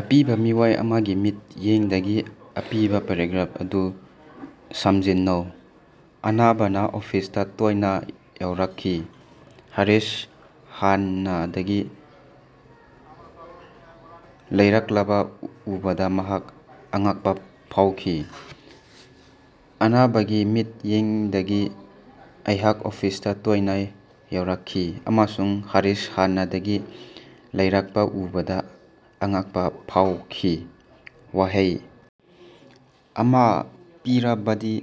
ꯑꯄꯤꯕꯥ ꯃꯤꯑꯣꯏ ꯑꯃꯒꯤ ꯃꯤꯠꯌꯦꯡꯗꯒꯤ ꯑꯄꯤꯕꯥ ꯄꯦꯔꯥꯒ꯭ꯔꯥꯐ ꯑꯗꯨ ꯁꯝꯖꯤꯟꯅꯧ꯫ ꯑꯅꯥꯕꯅꯥ ꯑꯣꯐꯤꯁꯇꯥ ꯇꯣꯏꯅꯥ ꯌꯧꯔꯛꯈꯤ꯫ ꯍꯔꯤꯁ ꯍꯥꯟꯅꯗꯒꯤ ꯂꯩꯔꯛꯂꯕ ꯎꯕꯗ ꯃꯍꯥꯛ ꯑꯉꯛꯄꯥ ꯐꯥꯎꯈꯤ꯫ ꯑꯅꯥꯕꯒꯤ ꯃꯤꯠꯌꯦꯡꯗꯒꯤ: ꯑꯩꯍꯥꯛ ꯑꯣꯐꯤꯁꯇꯥ ꯇꯣꯏꯅ ꯌꯧꯔꯛꯈꯤ ꯑꯃꯁꯨꯡ ꯍꯔꯤꯁ ꯍꯥꯟꯅꯗꯒꯤ ꯂꯩꯔꯛꯄꯥ ꯎꯕꯗꯥ ꯑꯉꯛꯄꯥ ꯐꯥꯎꯈꯤ꯫ ꯋꯥꯍꯩ ꯑꯃꯥ ꯄꯤꯔꯕꯗꯤ,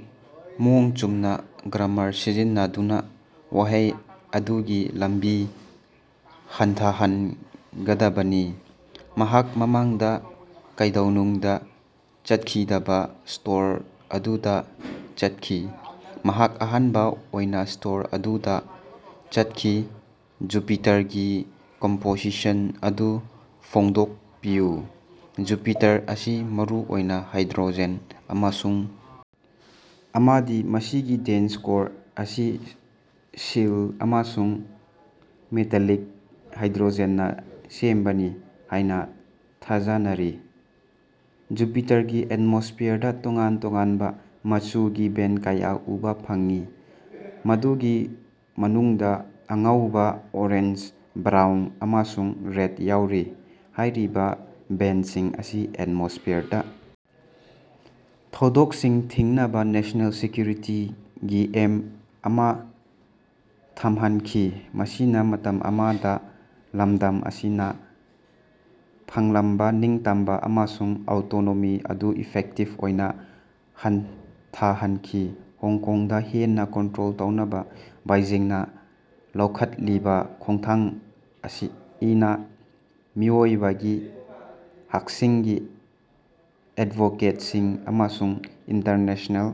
ꯃꯑꯣꯡ ꯆꯨꯝꯅꯥ ꯒ꯭ꯔꯥꯃꯥꯔ ꯁꯤꯖꯤꯟꯅꯗꯨꯅꯥ ꯋꯥꯍꯩ ꯑꯗꯨꯒꯤ ꯂꯝꯕꯤ ꯍꯟꯊꯍꯟꯒꯗꯕꯅꯤ꯫ ꯃꯍꯥꯛ ꯃꯃꯥꯡꯗ ꯀꯩꯗꯧꯅꯨꯡꯗ ꯆꯠꯈꯤꯗꯕ ꯁ꯭ꯇꯣꯔ ꯑꯗꯨꯗꯥ ꯆꯠꯈꯤ꯫ ꯃꯍꯥꯛ ꯑꯍꯥꯟꯕ ꯑꯣꯏꯅꯥ ꯁ꯭ꯇꯣꯔ ꯑꯗꯨꯗ ꯆꯠꯈꯤ꯫ ꯖꯨꯄꯤꯇꯥꯔꯒꯤ ꯀꯝꯄꯣꯖꯤꯁꯟ ꯑꯗꯨ ꯐꯣꯡꯗꯣꯛꯄꯤꯌꯨ꯫ ꯖꯨꯄꯤꯇꯥꯔ ꯑꯁꯤ ꯃꯔꯨ ꯑꯣꯏꯅ ꯍꯥꯏꯗ꯭ꯔꯣꯖꯦꯟ ꯑꯃꯁꯨꯡ ꯑꯃꯗꯤ ꯃꯁꯤꯒꯤ ꯗꯦꯟꯁ ꯀꯣꯔ ꯑꯁꯤ ꯁꯤꯜ ꯑꯃꯁꯨꯡ ꯃꯦꯇꯥꯂꯤꯛ ꯍꯥꯏꯗ꯭ꯔꯣꯖꯦꯟꯅꯥ ꯁꯦꯝꯕꯅꯤ ꯍꯥꯏꯅ ꯊꯥꯖꯅꯔꯤ꯫ ꯖꯨꯄꯤꯇꯥꯔꯒꯤ ꯑꯦꯠꯃꯣꯁ꯭ꯐꯤꯌꯔꯗꯥ ꯇꯣꯉꯥꯟ ꯇꯣꯉꯥꯟꯕ ꯃꯆꯨꯒꯤ ꯕꯦꯟꯗ ꯀꯌꯥ ꯎꯕ ꯐꯪꯏ, ꯃꯗꯨꯒꯤ ꯃꯅꯨꯡꯗ ꯑꯉꯧꯕ, ꯑꯣꯔꯦꯟꯖ, ꯕ꯭ꯔꯥꯎꯟ ꯑꯃꯁꯨꯡ ꯔꯦꯗ ꯌꯥꯎꯔꯤ꯫ ꯍꯥꯏꯔꯤꯕ ꯕꯦꯟꯗꯁꯤꯡ ꯑꯁꯤ ꯑꯦꯠꯃꯣꯁ꯭ꯐꯤꯌꯔꯗꯥ ꯊꯧꯗꯣꯛꯁꯤꯡ ꯊꯤꯡꯅꯕꯥ ꯅꯦꯁ꯭ꯅꯦꯜ ꯁꯦꯀ꯭ꯌꯨꯔꯤꯇꯤꯒꯤ ꯑꯦꯝ ꯑꯃꯥ ꯊꯝꯈꯤ, ꯃꯁꯤꯅ ꯃꯇꯝ ꯑꯃꯗ ꯂꯝꯗꯝ ꯑꯁꯤꯅ ꯐꯪꯂꯝꯕ ꯅꯤꯡꯇꯝꯕ ꯑꯃꯁꯨꯡ ꯑꯣꯇꯣꯅꯣꯃꯤ ꯑꯗꯨ ꯏꯐꯦꯛꯇꯤꯕ ꯑꯣꯏꯅ ꯍꯟꯊꯍꯟꯈꯤ꯫ ꯍꯣꯡꯀꯣꯡꯗꯥ ꯍꯦꯟꯅꯥ ꯀꯟꯇꯔꯣꯜ ꯇꯧꯅꯕ ꯕꯦꯏꯖꯤꯡꯅ ꯂꯧꯈꯠꯂꯤꯕ ꯈꯣꯡꯊꯥꯡ ꯑꯁꯤꯅ ꯃꯤꯑꯣꯏꯕꯒꯤ ꯍꯛꯁꯤꯡꯒꯤ ꯑꯦꯗꯣꯕꯣꯛꯇꯔꯁꯤꯡ ꯑꯃꯁꯨꯡ ꯏꯟꯇꯔꯅꯦꯁ꯭ꯅꯦꯜ